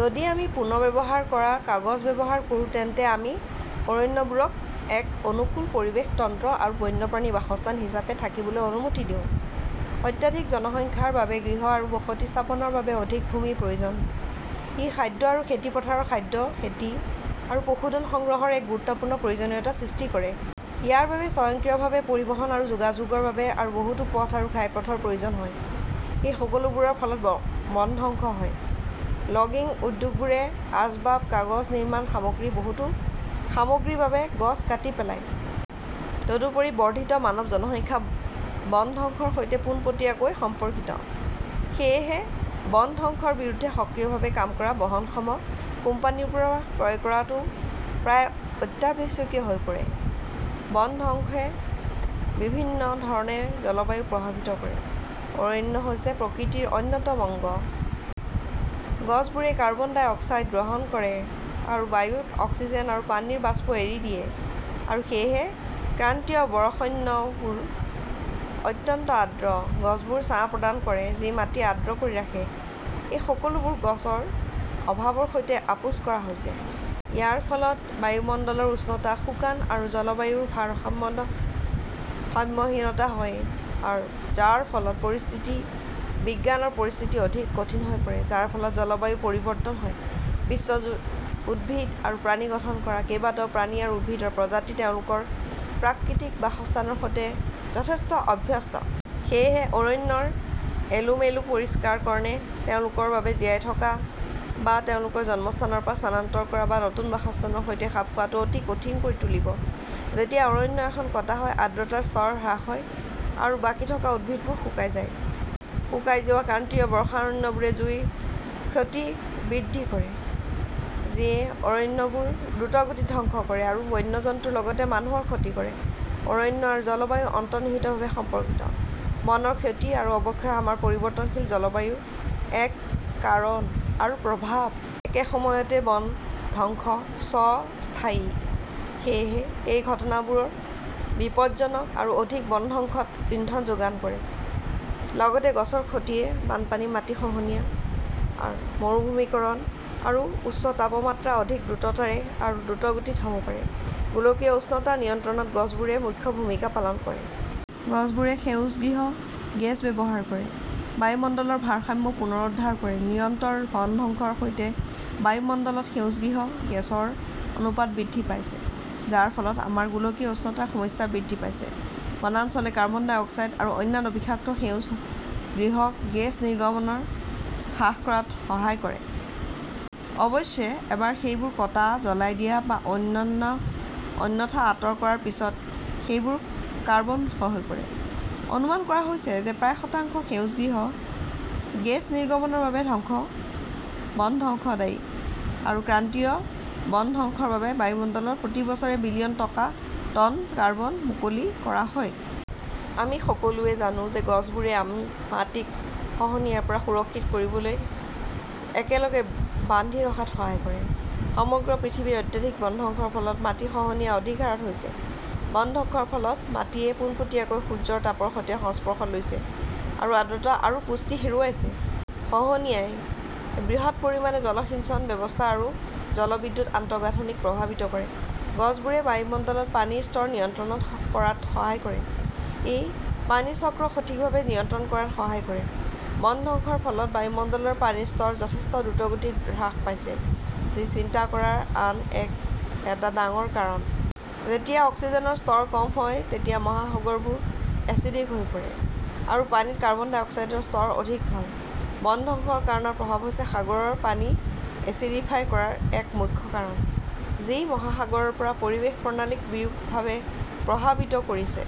যদি আমি পুনৰ্ব্যৱহাৰ কৰা কাগজ ব্যৱহাৰ কৰোঁ তেন্তে আমি অৰণ্যবোৰক এক অনুকূল পৰিৱেশ তন্ত্ৰ আৰু বন্যপ্ৰাণীৰ বাসস্থান হিচাপে থাকিবলৈ অনুমতি দিওঁ। অত্যাধিক জনসংখ্যাৰ বাবে গৃহ আৰু বসতি স্থাপনৰ বাবে অধিক ভূমিৰ প্ৰয়োজন। ই খাদ্য আৰু খেতিপথাৰৰ খাদ্য খেতি আৰু পশুধন সংগ্ৰহৰ এক গুৰুত্বপূৰ্ণ প্ৰয়োজনীয়তা সৃষ্টি কৰে। ইয়াৰ বাবে স্বয়ংক্ৰিয়ভাৱে পৰিবহন আৰু যোগাযোগৰ বাবে আৰু বহুতো পথ আৰু ঘাইপথৰ প্ৰয়োজন হয় – এই সকলোবোৰৰ ফলত বনধ্বংস হয়। লগিং উদ্যোগবোৰে আচবাব, কাগজ, নিৰ্মাণ সামগ্ৰী, আৰু বহুতো সামগ্ৰীৰ বাবে গছ কাটি পেলায়। তদুপৰি, বৰ্ধিত মানৱ জনসংখ্যা বনধ্বংসৰ সৈতে পোনপটীয়াকৈ সম্পৰ্কিত। সেয়েহে, বনধ্বংসৰ বিৰুদ্ধে সক্ৰিয়ভাৱে কাম কৰা বহনক্ষম কোম্পানীবোৰৰ পৰা ক্ৰয় কৰাটো প্ৰায় অত্যাৱশ্যকীয় হৈ পৰে। বনধ্বংসে বিভিন্ন ধৰণে জলবায়ুকো প্ৰভাৱিত কৰে। অৰণ্য হৈছে প্ৰকৃতিৰ অন্যতম অংগ।। গছবোৰে কাৰ্বন ডাই অক্সাইড গ্ৰহণ কৰে আৰু বায়ুত অক্সিজেন আৰু পানীৰ বাষ্প এৰি দিয়ে, আৰু সেয়েহে ক্ৰান্তীয় বৰ্ষাৰণ্যবোৰ অত্যন্ত আৰ্দ্ৰ। গছবোৰে ছাঁ প্ৰদান কৰে যি মাটি আৰ্দ্ৰ কৰি ৰাখে। এই সকলোবোৰ গছৰ অভাৱৰ সৈতে আপোচ কৰা হৈছে। ইয়াৰ ফলত বায়ুমণ্ডলৰ উষ্ণতা, শুকান জলবায়ুৰ ভাৰসাম্যহীনতা হয়, যাৰ ফলত পৰিস্থিতিবিজ্ঞানৰ পৰিস্থিতি অধিক কঠিন হৈ পৰে যাৰ ফলত জলবায়ু পৰিৱৰ্তন হয়। বিশ্বজুৰি উদ্ভিদ আৰু প্ৰাণী গঠন কৰা কেইবাটাও প্ৰাণী আৰু উদ্ভিদৰ প্ৰজাতি তেওঁলোকৰ প্ৰাকৃতিক বাসস্থানৰ সৈতে যথেষ্ট অভ্যস্ত। সেয়েহে, অৰণ্যৰ এলোমেলো পৰিষ্কাৰকৰণে তেওঁলোকৰ বাবে জীয়াই থকা বা তেওঁলোকৰ জন্মস্থানৰ পৰা স্থানান্তৰ কৰা বা নতুন বাসস্থানৰ সৈতে খাপ খোৱাটো অতি কঠিন কৰি তুলিব। যেতিয়া অৰণ্য এখন কটা হয়, আৰ্দ্ৰতাৰ স্তৰ হ্ৰাস হয় আৰু বাকী থকা উদ্ভিদবোৰ শুকাই যায়। শুকাই যোৱা ক্ৰান্তীয় বৰ্ষাৰণ্যবোৰে জুইৰ ক্ষতি বৃদ্ধি কৰে যি য়ে অৰণ্যবোৰ দ্ৰুতগতিত ধ্বংস কৰে আৰু বন্য জন্তুৰ লগতে মানুহৰ ক্ষতি কৰে। অৰণ্য আৰু জলবায়ু অন্তৰ্নিহিতভাৱে সম্পৰ্কিত। বনৰ ক্ষতি আৰু অৱক্ষয় আমাৰ পৰিৱৰ্তনশীল জলবায়ুৰ এক কাৰণ আৰু প্ৰভাৱ। একে সময়তে, বনধ্বংস স্ব-স্থায়ী। সেয়েহে, এই ঘটনাবোৰ বিপদজনক আৰু অধিক বনধ্বংসত ইন্ধন যোগান ধৰে। লগতে, গছৰ ক্ষতিয়ে বানপানী, মাটি খহনীয়া, মৰুভূমিকৰণ, আৰু উচ্চ তাপমাত্ৰা অধিক দ্ৰুততাৰে আৰু দ্ৰুতগতিত হ'ব পাৰে। গোলকীয় উষ্ণতা নিয়ন্ত্ৰণত গছবোৰে মুখ্য ভূমিকা পালন কৰে। গছবোৰে সেউজগৃহ গেছ ব্যৱহাৰ কৰে, বায়ুমণ্ডলৰ ভাৰসাম্য পুনৰুদ্ধাৰ কৰে। নিৰন্তৰ বনধ্বংসৰ সৈতে, বায়ুমণ্ডলত সেউজগৃহ গেছৰ অনুপাত বৃদ্ধি পাইছে, যাৰ ফলত আমাৰ গোলকীয় উষ্ণতাৰ সমস্যা বৃদ্ধি পাইছে। বনাঞ্চলে কাৰ্বন ডাই অক্সাইড আৰু অন্যান্য বিষাক্ত সেউজগৃহ গেছ নিৰ্গমন হ্ৰাস কৰাত সহায় কৰে। অৱশ্যে, এবাৰ সেইবোৰ কটা, জ্বলাই দিয়া, বা অন্যথা আঁতৰ কৰাৰ পিছত, সেইবোৰ কাৰ্বন উৎস হৈ পৰে। অনুমান কৰা হৈছে যে প্ৰায় শতাংশ সেউজগৃহ গেছ নিৰ্গমনৰ বাবে বনধ্বংস দায়ী, আৰু ক্ৰান্তীয় বনধ্বংসৰ বাবে, বায়ুমণ্ডলত প্ৰতি বছৰে বিলিয়ন টন কাৰ্বন মুকলি কৰা হয়. আমি সকলোৱে জানো যে গছবোৰে মাটিক খহনীয়াৰ পৰা সুৰক্ষিত কৰিবলৈ একেলগে বান্ধি ৰখাত সহায় কৰে। সমগ্ৰ পৃথিৱীত অত্যাধিক বনধ্বংসৰ ফলত মাটিৰ খহনীয়া অধিক হাৰত হৈছে। বনধ্বংসৰ ফলত, মাটিয়ে পোনপটীয়াকৈ সূৰ্যৰ তাপৰ সৈতে সংস্পৰ্শ লৈছে আৰু আৰ্দ্ৰতা আৰু পুষ্টি হেৰুৱাইছে। মাটিখহনীয়াই বৃহৎ পৰিমাণে জলসিঞ্চন ব্যৱস্থা আৰু জলবিদ্যুৎ আন্তঃগাঁথনিক প্ৰভাৱিত কৰে। গছবোৰে বায়ুমণ্ডলত পানীৰ স্তৰ নিয়ন্ত্ৰণ কৰাত সহায় কৰে। ই পানীচক্ৰসঠিকভাৱে নিয়ন্ত্ৰণ কৰাত সহায় কৰে। বনধ্বংসৰ ফলত, বায়ুমণ্ডলত পানীৰ স্তৰ যথেষ্ট দ্ৰুতগতিত হ্ৰাস পাইছে, যি চিন্তাকৰাৰ আন এটা ডাঙৰ কাৰণ। যেতিয়া অক্সিজেনৰ স্তৰ কম হয় তেতিয়া মহাসাগৰবোৰ এচিডিক হৈ পৰে, আৰু পানীত কাৰ্বন ডাই অক্সাইডৰ স্তৰ অধিক হয়। বনধ্বংসৰ কাৰণ আৰু প্ৰভাৱ হৈছে সাগৰৰ পানী এচিডিফাই কৰাৰ এক মুখ্য কাৰণ, যি মহাসাগৰৰ পৰিৱেশ-প্ৰণালীক বিৰূপভাৱে প্ৰভাৱিত কৰিছে।